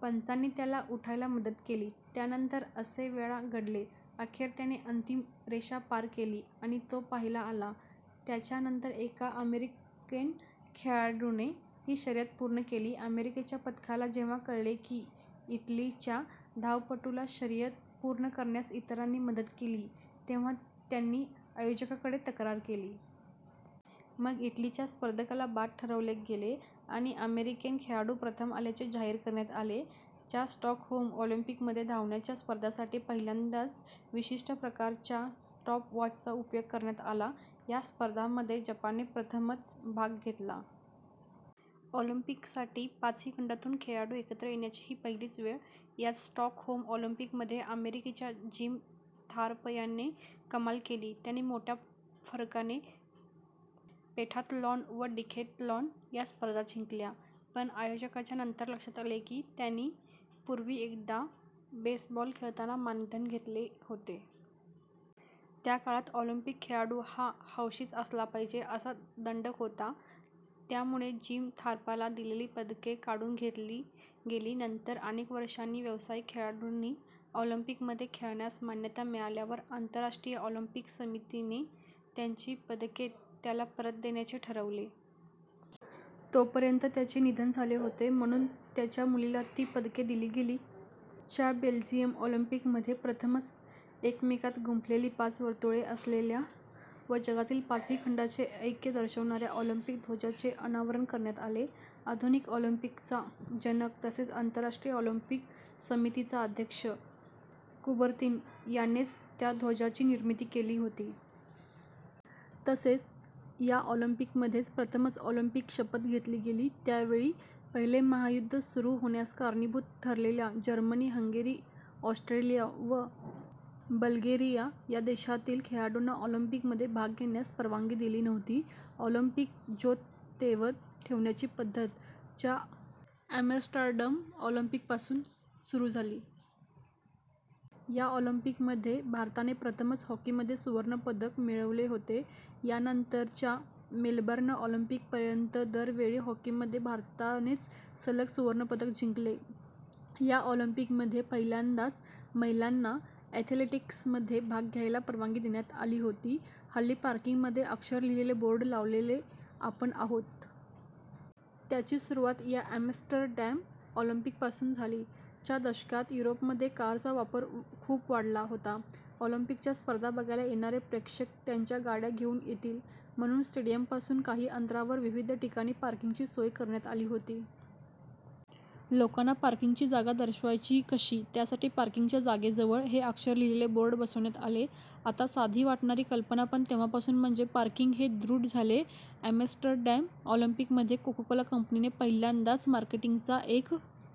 पंचांनी त्याला उठायला मदत केली. त्यानंतर असे वेळा घडले. अखेर त्याने अंतिम रेषा पार केली, आणि तो पहिला आला. त्याच्या नंतर एका अमेरिकन खेळाडूने ती शर्यत पूर्ण केली. अमेरिकेच्या पथकाला जेव्हा कळले की, इटलीच्या धावपटूला शर्यत पूर्ण करण्यास इतरांनी मदत केली, तेव्हा त्यांनी आयोजकांकडे तक्रार केली. मग इटलीच्या स्पर्धकाला बाद ठरवले गेले आणि अमेरिकन खेळाडू प्रथम आल्याचे जाहीर करण्यात आले. च्या स्टॉकहोम ऑलिम्पिकमध्ये धावण्याच्या स्पर्धांसाठी पहिल्यांदाच विशिष्ट प्रकारच्या स्टॉप वॉचचा उपयोग करण्यात आला. या स्पर्धांमध्ये जपानने प्रथमच भाग घेतला. ऑलिम्पिकसाठी पाचही खंडांतून खेळाडू एकत्र येण्याची ही पहिलीच वेळ! याच स्टॉकहोम ऑलिम्पिकमध्ये अमेरिकेच्या जिम थॉर्प याने कमाल केली. त्याने मोठ्या फरकाने पेंटाथलॉन व डिकेथलॉन या स्पर्धा जिंकल्या. पण आयोजकांच्या नंतर लक्षात आले की, त्याने पूर्वी एकदा बेसबॉल खेळताना मानधन घेतले होते. त्या काळात ऑलिम्पिक खेळाडू हा हौशीच असला पाहिजे, असा दंडक होता. त्यामुळे जिम थॉर्पला दिलेली पदके काढून घेतली गेली. नंतर अनेक वर्षांनी व्यावसायिक खेळाडूंनाही ऑलिम्पिकमध्ये खेळण्यास मान्यता मिळाल्यावर आंतरराष्ट्रीय ऑलिम्पिक समितीने त्याची पदके त्याला परत देण्याचे ठरवले. तोपर्यंत त्याचे निधन झाले होते, म्हणून त्याच्या मुलीला ती पदके दिली गेली. च्या बेल्जियम ऑलिम्पिकमध्ये प्रथमच एकमेकांत गुंफलेली पाच वर्तुळे असलेल्या व जगातील पाचही खंडांचे ऐक्य दर्शवणाऱ्या ऑलिम्पिक ध्वजाचे अनावरण करण्यात आले. आधुनिक ऑलिम्पिकचा जनक, तसेच आंतरराष्ट्रीय ऑलिम्पिक समितीचा अध्यक्ष कुबर्तीन यानेच या ध्वजाची निर्मिती केली होती. तसेच या ऑलिम्पिकमध्ये प्रथमच ऑलिम्पिक-शपथ घेतली गेली. त्यावेळी पहिले महायुद्ध सुरू होण्यास कारणीभूत ठरलेल्या जर्मनी, हंगेरी, ऑस्ट्रिया व बल्गेरिया या देशांतील खेळाडूंना ऑलिम्पिकमध्ये भाग घेण्यास परवानगी दिली नव्हती. ऑलिम्पिक ज्योत तेवत ठेवण्याची पद्धत च्या ॲम्स्टरडॅम ऑलिम्पिकपासून सुरू झाली. याच ऑलिम्पिकमध्ये भारताने प्रथमच हॉकीमध्ये सुवर्णपदक मिळवले होते. या नंतर च्या मेलबर्न ऑलिम्पिकपर्यंत दर वेळी हॉकीमध्ये भारतानेच सलग सुवर्णपदक जिंकले. या ऑलिम्पिकमध्ये पहिल्यांदाच महिलांना ॲथलेटिक्समध्ये भाग घ्यायला परवानगी देण्यात आली होती. हल्ली पार्किंगसाठी '' अक्षर लिहिलेले बोर्ड लावलेले आपण पाहतो. त्याची सुरुवात या ॲम्स्टरडॅम ऑलिम्पिकपासून झाली. च्या दशकात युरोपमध्ये कारचा वापर खूप वाढला होता. ऑलिम्पिकच्या स्पर्धा बघायला येणारे प्रेक्षक त्यांच्या गाड्या घेऊन येतील, म्हणून स्टेडियमपासून काही अंतरावर विविध ठिकाणी पार्किंगची सोय करण्यात आली होती. लोकांना पार्किंगची जागा दर्शवायची कशी? त्यासाठी पार्किंगच्या जागेजवळ '' हे अक्षर लिहिलेले बोर्ड बसवण्यात आले. आता साधी वाटणारी कल्पना, पण तेव्हापासून '' म्हणजे पार्किंग, हे रूढ झाले. ॲम्स्टरडॅम ऑलिम्पिकमध्ये कोकाकोला कंपनीने पहिल्यांदाच मार्केटिंगचा एक